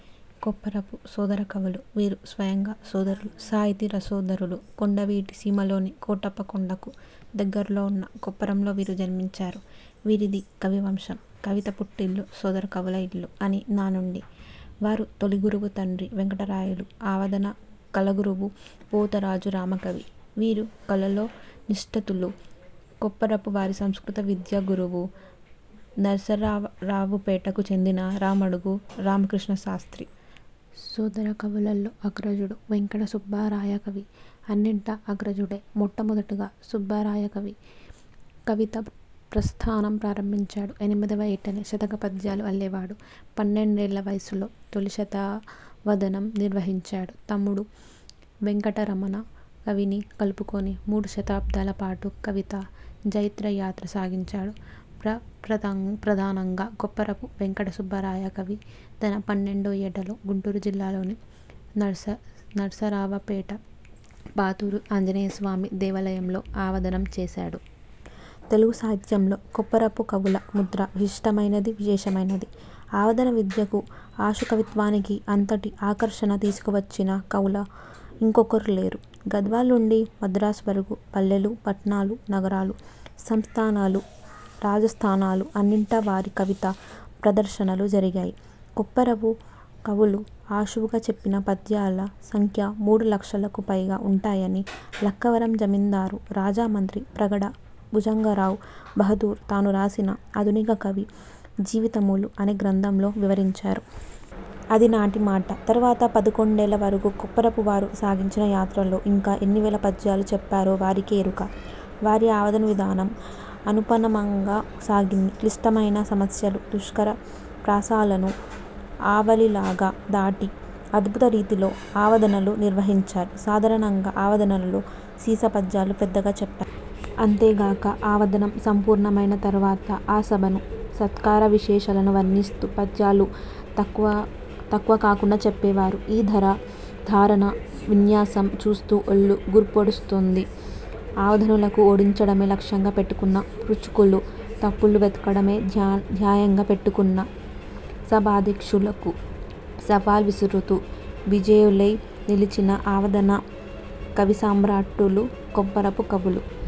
కొప్పరపు సోదరకవులు. వీరు స్వయంగా సోదరులు, సాహితీ రసోదరులు. కొండవీటి సీమలోని కోటప్పకొండకు దగ్గరలో ఉన్న కొప్పరంలో వీరు జన్మించారు. వీరిది కవివంశం. 'కవిత పుట్టిల్లు సోదరకవుల ఇల్లు' అని నానుడి. వారి తొలిగురువు తండ్రి వేంకటరాయలు – అవధాన కళాగురువు పోతరాజు రామకవి. వీరు కళల్లో నిష్ణాతులు – కొప్పరపు వారి సంస్కృత విద్యా గురువు నరసరావుపేటకు చెందిన రామడుగు రామకృష్ణశాస్ర్తి. సోదరకవులలో అగ్రజుడు వేంకటసుబ్బరాయకవి అన్నింటా అగ్రజుడే. మొట్టమొదటగా సుబ్బరాయకవి కవితా ప్రస్థానం ప్రారంభించాడు. ఎనిమిదవ ఏటనే శతకపద్యాలు అల్లేవాడు. పన్నెండేళ్ళ వయసులో తొలిశతావధానం నిర్వహించాడు. తమ్ముడు వేంకట రమణ కవిని కలుపుకొని మూడు దశాబ్దాల పాటు కవితా జైత్రయాత్ర సాగించాడు. ప్రప్రథమంగా కొప్పరపు వేంకటసుబ్బరాయ కవి తన పన్నెండో ఏట లో గుంటూరు జిల్లాలోని నరసరావుపేట పాతూరి ఆంజనేయస్వామి దేవాలయంలో అవధానం చేసాడు. తెలుగు సాహిత్యంలో కొప్పరపుకవుల ముద్ర విశిష్టమైనది, విశేషమైనది. అవధాన విద్యకు, ఆశుకవిత్వానికి అంతటి ఆకర్షణ తీసుకువచ్చిన కవులు ఇంకొకరు లేరు. గద్వాల్ నుండి మద్రాసు వరకు పల్లెలు, పట్టణాలు, నగరాలు, సంస్థానాలు, రాజాస్థానాలు అన్నింటా వారి కవితా ప్రదర్శనలు జరిగాయి. కొప్పరపు కవులు ఆశువుగా చెప్పిన పద్యాల సంఖ్య మూడు లక్షలకు పైగా వుంటాయని లక్కవరం జమిందారు రాజా మంత్రి ప్రగడ భుజంగరావ్ బహద్దర్ తాను రాసిన 'ఆధునిక కవి జీవితములు' అనే గ్రంథంలో వివరించారు. అది నాటి మాట. తరువాత పదకొండేళ్ళు వరకు కొప్పరపు వారు సాగించిన యాత్రలో ఇంకా ఎన్నివేల పద్యాలు చెప్పారో వారికే ఎరుక. వారి అవధాన విధానం అనుపమానంగా సాగింది. క్లిష్టమైన సమస్యలు, దుష్కరప్రాసలను అవలీలగా దాటి అద్భుత రీతిలో అవధానాలు నిర్వహించారు. సాధారణంగా అవధానాల్లో సీసపద్యాలు పెద్దగా చెప్పరు. అంతేకాక, అవధానం సంపూర్ణమైన తరువాత ఆ సభను, సత్కార విశేషాలను వర్ణిస్తూ పద్యాలు తక్కువ కాకుండా చెప్పేవారు. ఈ ధార, ధారణా విన్యాసం చూస్తే ఒళ్ళు గగుర్పొడుస్తుంది. అవధానులను ఓడించడమే లక్ష్యంగా పెట్టుకున్న పృచ్ఛకులు, తప్పులు వెతకడమే ధ్యేయంగా పెట్టుకున్న సభాధ్యక్షులకు సవాల్ విసురుతూ విజయులై నిలిచిన అవధాన కవిసమ్రాటులు కొప్పరపు కవులు.